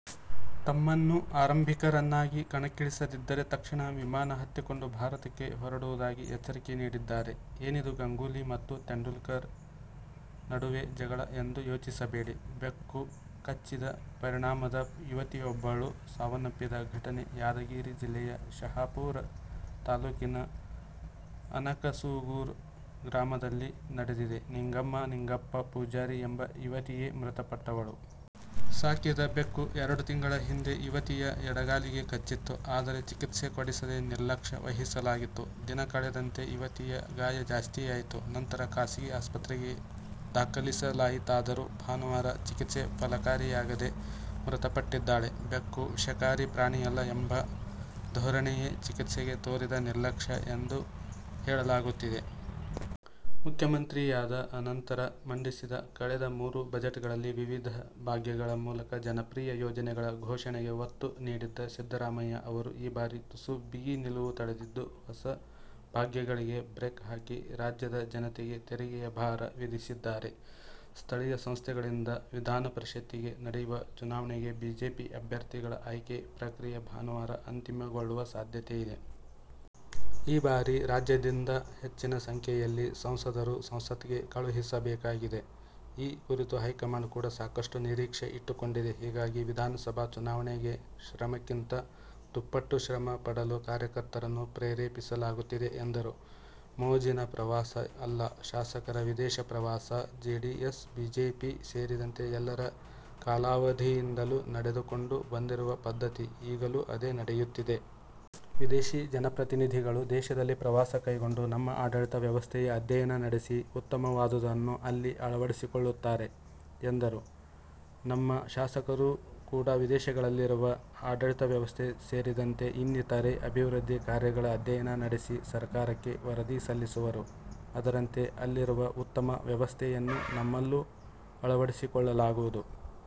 ತಮ್ಮನ್ನು ಆರಂಭಿಕರನ್ನಾಗಿ ಕಣಕ್ಕಿಳಿಸದಿದ್ದರೆ ತಕ್ಷಣ ವಿಮಾನ ಹತ್ತಿಕೊಂಡು ಭಾರತಕ್ಕೆ ಹೊರಡುವುದಾಗಿ ಎಚ್ಚರಿಕೆ ನೀಡಿದ್ದಾರೆ. ಏನಿದು ಗಂಗೂಲಿ ಮತ್ತು ತೆಂಡುಲ್ಕರ್ ನಡುವೆ ಜಗಳ ಎಂದು ಯೋಚಿಸಬೇಡಿ. ಬೆಕ್ಕು ಕಚ್ಚಿದ ಪರಿಣಾಮದ ಯುವತಿಯೊಬ್ಬಳು ಸಾವನ್ನಪ್ಪಿದ ಘಟನೆ ಯಾದಗಿರಿ ಜಿಲ್ಲೆಯ ಶಹಾಪುರ ತಾಲೂಕಿನ ಅನಕಸೂಗೂರ ಗ್ರಾಮದಲ್ಲಿ ನಡೆದಿದೆ. ನಿಂಗಮ್ಮ ನಿಂಗಪ್ಪ ಪೂಜಾರಿ ಎಂಬ ಯುವತಿಯೇ ಮೃತಪಟ್ಟವಳು. ಸಾಕಿದ ಬೆಕ್ಕು ಎರಡು ತಿಂಗಳ ಹಿಂದೆ ಯುವತಿಯ ಎಡಗಾಲಿಗೆ ಕಚ್ಚಿತ್ತು. ಆದರೆ ಚಿಕಿತ್ಸೆ ಕೊಡಿಸದೇ ನಿರ್ಲಕ್ಷ್ಯ ವಹಿಸಲಾಗಿತ್ತು. ದಿನಕಳೆದಂತೆ ಯುವತಿಯ ಗಾಯ ಜಾಸ್ತಿಯಾಯಿತು. ನಂತರ ಖಾಸಗಿ ಆಸ್ಪತ್ರೆಗೆ ದಾಖಲಿಸಲಾಯಿತಾದರೂ ಭಾನುವಾರ ಚಿಕಿತ್ಸೆ ಫಲಕಾರಿಯಾಗದೆ ಮೃತಪಟ್ಟಿದ್ದಾಳೆ. ಬೆಕ್ಕು ವಿಷಕಾರಿ ಪ್ರಾಣಿಯಲ್ಲ ಎಂಬ ಧೋರಣೆಯೇ ಚಿಕಿತ್ಸೆಗೆ ತೋರಿದ ನಿರ್ಲಕ್ಷ್ಯ ಎಂದು ಹೇಳಲಾಗುತ್ತಿದೆ. ಮುಖ್ಯಮಂತ್ರಿಯಾದ ಅನಂತರ ಮಂಡಿಸಿದ ಕಳೆದ ಮೂರು ಬಜೆಟ್ಗಳಲ್ಲಿ ವಿವಿಧ 'ಭಾಗ್ಯ'ಗಳ ಮೂಲಕ ಜನಪ್ರಿಯ ಯೋಜನೆಗಳ ಘೋಷಣೆಗೆ ಒತ್ತು ನೀಡಿದ್ದ ಸಿದ್ದರಾಮಯ್ಯ ಅವರು ಈ ಬಾರಿ ತುಸು ಬಿಗಿ ನಿಲುವು ತಳೆದಿದ್ದು, ಹೊಸ ಭಾಗ್ಯಗಳಿಗೆ ಬ್ರೇಕ್ ಹಾಕಿ ರಾಜ್ಯದ ಜನತೆಗೆ ತೆರಿಗೆಯ ಭಾರ ವಿಧಿಸಿದ್ದಾರೆ. ಸ್ಥಳೀಯ ಸಂಸ್ಥೆಗಳಿಂದ ವಿಧಾನಪರಿಷತ್ತಿಗೆ ನಡೆಯುವ ಚುನಾವಣೆಗೆ ಬಿಜೆಪಿ ಅಭ್ಯರ್ಥಿಗಳ ಆಯ್ಕೆ ಪ್ರಕ್ರಿಯೆ ಭಾನುವಾರ ಅಂತಿಮಗೊಳ್ಳುವ ಸಾಧ್ಯತೆಯಿದೆ. ಈ ಬಾರಿ ರಾಜ್ಯದಿಂದ ಹೆಚ್ಚಿನ ಸಂಖ್ಯೆಯಲ್ಲಿ ಸಂಸದರು ಸಂಸತ್ಗೆ ಕಳುಹಿಸಬೇಕಾಗಿದೆ. ಈ ಕುರಿತು ಹೈಕಮಾಂಡ್ ಕೂಡ ಸಾಕಷ್ಟು ನಿರೀಕ್ಷೆ ಇಟ್ಟುಕೊಂಡಿದೆ, ಹೀಗಾಗಿ ವಿಧಾನಸಭಾ ಚುನಾವಣೆಗೆ ಶ್ರಮಕ್ಕಿಂತ ದುಪ್ಪಟ್ಟು ಶ್ರಮ ಪಡಲು ಕಾರ್ಯಕರ್ತರನ್ನು ಪ್ರೇರೇಪಿಸಲಾಗುತ್ತಿದೆ ಎಂದರು. ಮೋಜಿನ ಪ್ರವಾಸ ಅಲ್ಲ: ಶಾಸಕರ ವಿದೇಶ ಪ್ರವಾಸ ಜೆಡಿಎಸ್, ಬಿಜೆಪಿ ಸೇರಿದಂತೆ ಎಲ್ಲರ ಕಾಲಾವಧಿಯಿಂದಲೂ ನೆಡೆದುಕೊಂಡು ಬಂದಿರುವ ಪದ್ಧತಿ, ಈಗಲೂ ಅದೇ ನಡೆಯುತ್ತಿದೆ. ವಿದೇಶಿ ಜನಪ್ರತಿನಿಧಿಗಳು ದೇಶದಲ್ಲಿ ಪ್ರವಾಸ ಕೈಗೊಂಡು ನಮ್ಮ ಆಡಳಿತ ವ್ಯವಸ್ಥೆಯ ಅಧ್ಯಯನ ನಡೆಸಿ ಉತ್ತಮವಾದುದನ್ನು ಅಲ್ಲಿ ಅಳವಡಿಸಿಕೊಳ್ಳುತ್ತಾರೆ ಎಂದರು. ನಮ್ಮ ಶಾಸಕರೂ ಕೂಡ ವಿದೇಶಗಳಲ್ಲಿರುವ ಆಡಳಿತ ವ್ಯವಸ್ಥೆ ಸೇರಿದಂತೆ ಇನ್ನಿತರೆ ಅಭಿವೃದ್ಧಿ ಕಾರ್ಯಗಳ ಅಧ್ಯಯನ ನಡೆಸಿ, ಸರ್ಕಾರಕ್ಕೆ ವರದಿ ಸಲ್ಲಿಸುವರು. ಅದರಂತೆ ಅಲ್ಲಿರುವ ಉತ್ತಮ ವ್ಯವಸ್ಥೆಯನ್ನು ನಮ್ಮಲ್ಲೂ ಅಳವಡಿಸಿಕೊಳ್ಳಲಾಗುವುದು.